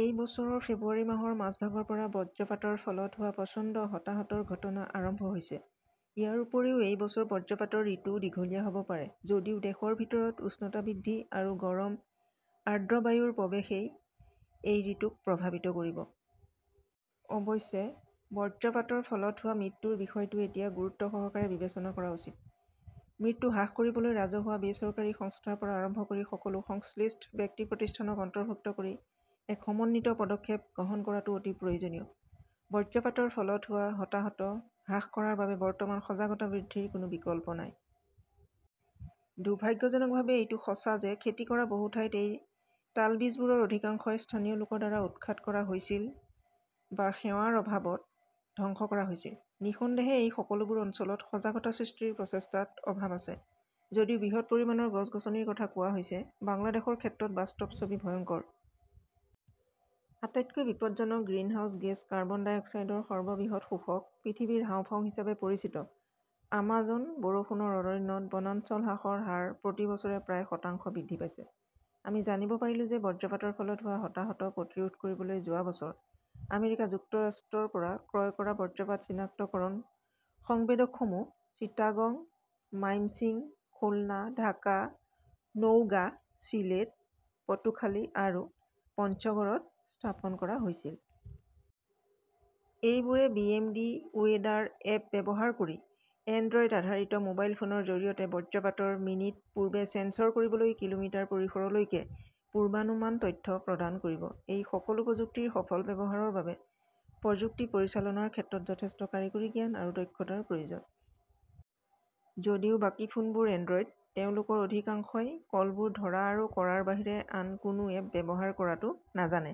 এই বছৰৰ ফেব্ৰুৱাৰী মাহৰ মাজভাগৰ পৰা বজ্ৰপাতৰ ফলত হোৱা প্ৰচণ্ড হতাহতৰ ঘটনা আৰম্ভ হৈছে। ইয়াৰ উপৰিও, এই বছৰ বজ্ৰপাতৰ ঋতুও দীঘলীয়া হ'ব পাৰে যদিও দেশৰ ভিতৰত উষ্ণতা বৃদ্ধি আৰু গৰম আৰ্দ্ৰ বায়ুৰ প্ৰৱেশই এই ঋতুক প্ৰভাৱিত কৰিব। অৱশ্যে, বজ্ৰপাতৰ ফলত হোৱা মৃত্যুৰ বিষয়টো এতিয়া গুৰুত্বসহকাৰে বিবেচনা কৰা উচিত। মৃত্যু হ্ৰাস কৰিবলৈ ৰাজহুৱা-বেচৰকাৰী সংস্থাৰ পৰা আৰম্ভ কৰি সকলো সংশ্লিষ্ট ব্যক্তি-প্ৰতিষ্ঠানক অন্তৰ্ভুক্ত কৰি এক সমন্বিত পদক্ষেপ গ্ৰহণ কৰাটো অতি প্ৰয়োজনীয়। বজ্ৰপাতৰ ফলত হোৱা হতাহত হ্ৰাস কৰাৰ বাবে বৰ্তমান সজাগতা বৃদ্ধিৰ কোনো বিকল্প নাই। দুৰ্ভাগ্যজনকভাৱে এইটো সঁচা যে খেতি কৰা বহু ঠাইত এই তালবীজবোৰৰ অধিকাংশই স্থানীয় লোকৰ দ্বাৰা উৎখাত কৰা হৈছিল বা সেৱাৰ অভাৱত ধ্বংস কৰা হৈছিল। নিঃসন্দেহে এই সকলোবোৰ অঞ্চলত সজাগতা সৃষ্টিৰ প্ৰচেষ্টাত অভাৱ আছে। যদিও বৃহৎ পৰিমাণৰ গছ-গছনিৰ কথা কোৱা হৈছে, বাংলাদেশৰ ক্ষেত্ৰত বাস্তৱ ছবি ভয়ংকৰ। আটাইতকৈ বিপদজনক গ্ৰিনহাউজ গেছ কাৰ্বন-ডাই অক্সাইডৰ সৰ্ববৃহৎ শোষক পৃথিৱীৰ হাঁওফাঁও হিচাপে পৰিচিত আমাজন বৰষুণৰ অৰণ্যত বনাঞ্চল হ্ৰাসৰ হাৰ প্ৰতি বছৰে প্ৰায় শতাংশ বৃদ্ধি পাইছে। আমি জানিব পাৰিলো যে বজ্ৰপাতৰ ফলত হোৱা হতাহত প্ৰতিৰোধ কৰিবলৈ যোৱা বছৰ আমেৰিকা যুক্তৰাষ্ট্ৰৰ পৰা ক্ৰয় কৰা বজ্ৰপাত চিনাক্তকৰণ সংবেদকসমূহ চিটাগং, মাইমশ্বিং, খুলনা, ঢাকা, নওগাঁ, চিলেট, পটুখালি আৰু পঞ্চগড়ত স্থাপন কৰা হৈছিল। এইবোৰে বিএমডি ৱেদাৰ এপ ব্যৱহাৰ কৰি এণ্ড্ৰইড-আধাৰিত মোবাইল ফোনৰ জৰিয়তে বজ্ৰপাতৰ মিনিট পূৰ্বে ছেন্সৰ কৰিবলৈ কিলোমিটাৰ পৰিসৰলৈকে পূৰ্বানুমান তথ্য প্ৰদান কৰিব। এই সকলো প্ৰযুক্তিৰ সফল ব্যৱহাৰৰ বাবে প্ৰযুক্তি পৰিচালনাৰ ক্ষেত্ৰত যথেষ্ট কাৰিকৰী জ্ঞান আৰু দক্ষতাৰ প্ৰয়োজন। যদিও বাকী ফোনবোৰ এণ্ড্ৰইড, তেওঁলোকৰ অধিকাংশই কলবোৰ ধৰা আৰু কৰাৰ বাহিৰে আন কোনো এপ ব্যৱহাৰ কৰাটো নাজানে।